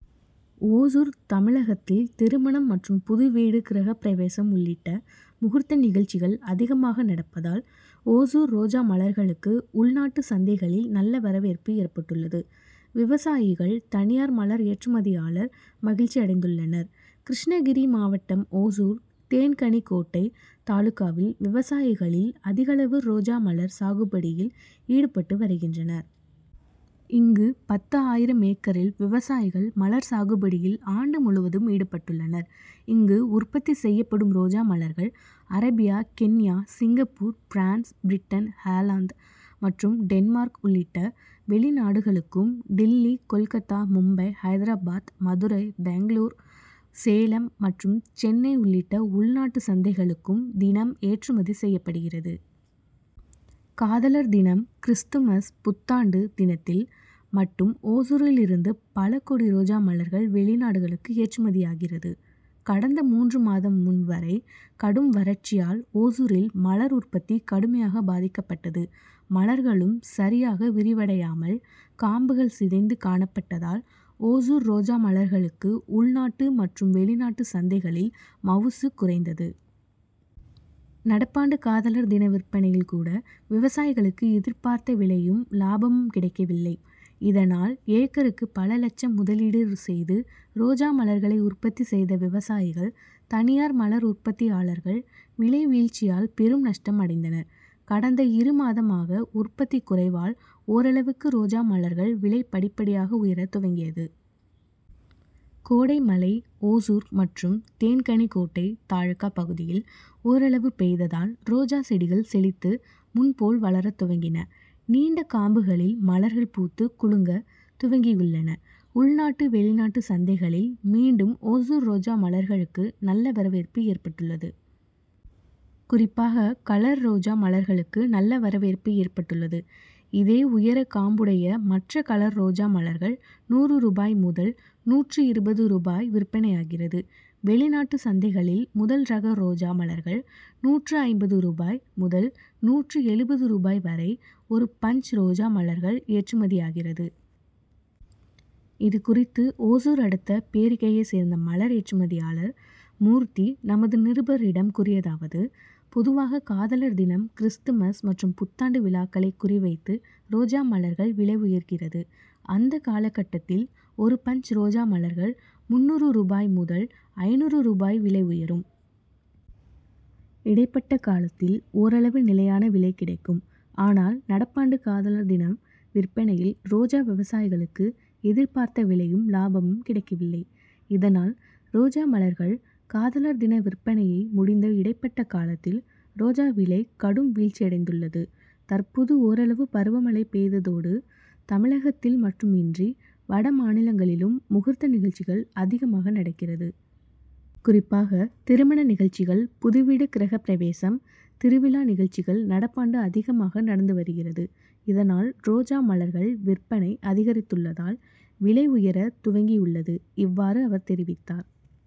ஓசூர் தமிழகத்தில் திருமணம் மற்றும் புது வீடு கிரஹபிரவேசம் உள்ளிட்ட முகூர்த்த நிகழ்ச்சிகள் அதிகமாக நடப்பதால் ஓசூர் ரோஜா மலர்களுக்கு உள்நாட்டு சந்தைகளில் நல்ல வரவேற்பு ஏற்பட்டுள்ளது. விவசாயிகள் தனியார் மலர் ஏற்றுமதியாளர் மகிழ்ச்சியடைந்துள்ளனர். கிருஷ்ணகிரி மாவட்டம் ஓசூர் தேன்கனிக்கோட்டை தாலுகாவில் விவசாயிகளில் அதிகளவு ரோஜா மலர் சாகுபடியில் ஈடுபட்டு வருகின்றனர். இங்கு பத்து ஆயிரம் ஏக்கரில் விவசாயிகள் மலர் சாகுபடியில் ஆண்டு முழுவதும் ஈடுபட்டுள்ளனர். இங்கு உற்பத்தி செய்யப்படும் ரோஜா மலர்கள் Arabia Kenya Singapore France Britain Holland மற்றும் டென்மார்க் உள்ளிட்ட வெளி நாடுகளுக்கும் டில்லி கொல்கத்தா மும்பை ஹைதராபாத் மதுரை பெங்களூர் ,சேலம் மற்றும் சென்னை உள்ளிட்ட உள்நாட்டு சந்தைகளுக்கும் தினம் ஏற்றுமதி செய்யப்படுகிறது. காதலர் தினம் கிறிஸ்துமஸ் புத்தாண்டு தினத்தில் மட்டும் ஓசூரில் இருந்து பல கோடி ரோஜா மலர்கள் வெளி நாடுகளுக்கு ஏற்றுமதியாகிறது. கடந்த மூன்று மாதம் முன் வரை கடும் வறட்சியால் ஓசூரில் மலர் உற்பத்தி கடுமையாக பாதிக்கப்பட்டது. மலர்களும் சரியாக விரிவடையாமல் காம்புகள் சிதைந்து காணப்பட்டதால் ஓசூர் ரோஜா மலர்களுக்கு உள்நாட்டு மற்றும் வெளிநாட்டு சந்தைகளில் மவுசு குறைந்தது. நடப்பாண்டு காதலர் தின விற்பனையில் கூட விவசாயிகளுக்கு எதிர்பார்த்த விலையும் லாபமும் கிடைக்வில்லை. இதனால் ஏக்கருக்கு பல லட்சம் முதலீடு செய்து ரோஜா மலர்களை உற்பத்தி செய்த விவசாயிகள் தனியார் மலர் உற்பத்தயாளர்கள் விலை வீழ்ச்சியால் பெரும் நஷ்டம் அடைந்தனர். கடந்த இரு மாதமாக உற்பத்தி குறைவால் ஓரளவுக்கு ரோஜா மலர்கள் விலை படிபடியாக உயர துவங்கியது. கோடை மழை ஓசூர் மற்றும் தேன்கனிக்கோட்டை தாலுகா பகுதியில் ஒரளவு பெய்ததால் ரோஜா செடிகள் செழித்து முன் போல் வளர துவங்கின. நீண்ட காம்புகளில் மலர்கள் பூத்து குலுங்க துவங்கி உள்ளன. உள்நாட்டு வெளிநாட்டு சந்தைகளில் மீண்டும் ஓசூர் ரோஜா மலர்களுக்கு நல்ல வரவேற்பு ஏற்பட்டுள்ளது. குறிப்பாக கலர் ரோஜா மலர்களுக்கு நல்ல வரவேற்பு ஏற்பட்டுள்ளது. இதே உயர காம்புடைய மற்ற கலர் ரோஜா மலர்கள் நூறு ரூபாய் முதல் நூற்று இருபது ரூபாய் விற்பனையாகிறது. வெளிநாட்டு சந்தைகளில் முதல் ரக ரோஜா மலர்கள் நூற்று ஐம்பது ரூபாய் முதல் நூற்று எழுபது ரூபாய் வரை ஒரு பஞ்ச் ரோஜா மலர்கள் ஏற்றுமதியாகிறது. இது குறித்து ஓசூர் அடுத்த பேரிகையை சேர்ந்த மலர் ஏற்றுமதியாளர் மூர்த்தி நமது நிருபரிடம் கூறியதாவது: பொதுவாக காதலர் தினம் கிறிஸ்துமஸ் மற்றும் புத்தாண்டு விழாக்களை குறி வைத்து ரோஜா மலர்கள் விலை உயர்கிறது. அந்த காலக்கட்டத்தில் ஒரு பஞ்ச் ரோஜா மலர்கள் முன்னூறு ரூபாய் முதல் ஐந்நூறு ரூபாய் விலை உயரும். இடைப்பட்ட காலத்தில் ஒரளவு நிலையான விலை கிடைக்கும். ஆனால் நடப்பாண்டு காதலர் தினம் விற்பனையில் ரோஜா விவசாயிகளுக்கு எதிர்பார்த்த விலையும் லாபமும் கிடைக்கவில்லை. இதனால் ரோஜா மலர்கள் காதலர் தின விற்பனையை முடிந்த இடைப்பட்ட காலத்தில் ரோஜா விலை கடும் வீழ்ச்சியடைந்துள்ளது. தற்போது ஒரளவு பருவமழை பெய்ததோடு தமிழகத்தில் மட்டுமின்றி வட மாநிலங்களிலும் முகூர்த்த நிகழ்ச்சிகள் அதிகமாக நடக்கிறது. குறிப்பாக திருமண நிகழ்ச்சிகள் புதுவீடு கிரஹபிரவேசம் திருவிழா நிகழ்ச்சிகள் நடப்பாண்டு அதிகமாக நடந்து வருகிறது. இதனால் ரோஜா மலர்கள் விற்பனை அதிகரித்துள்ளதால் விலை உயர துவங்கி உள்ளது. இவ்வாறு அவர் தெரிவித்தார்.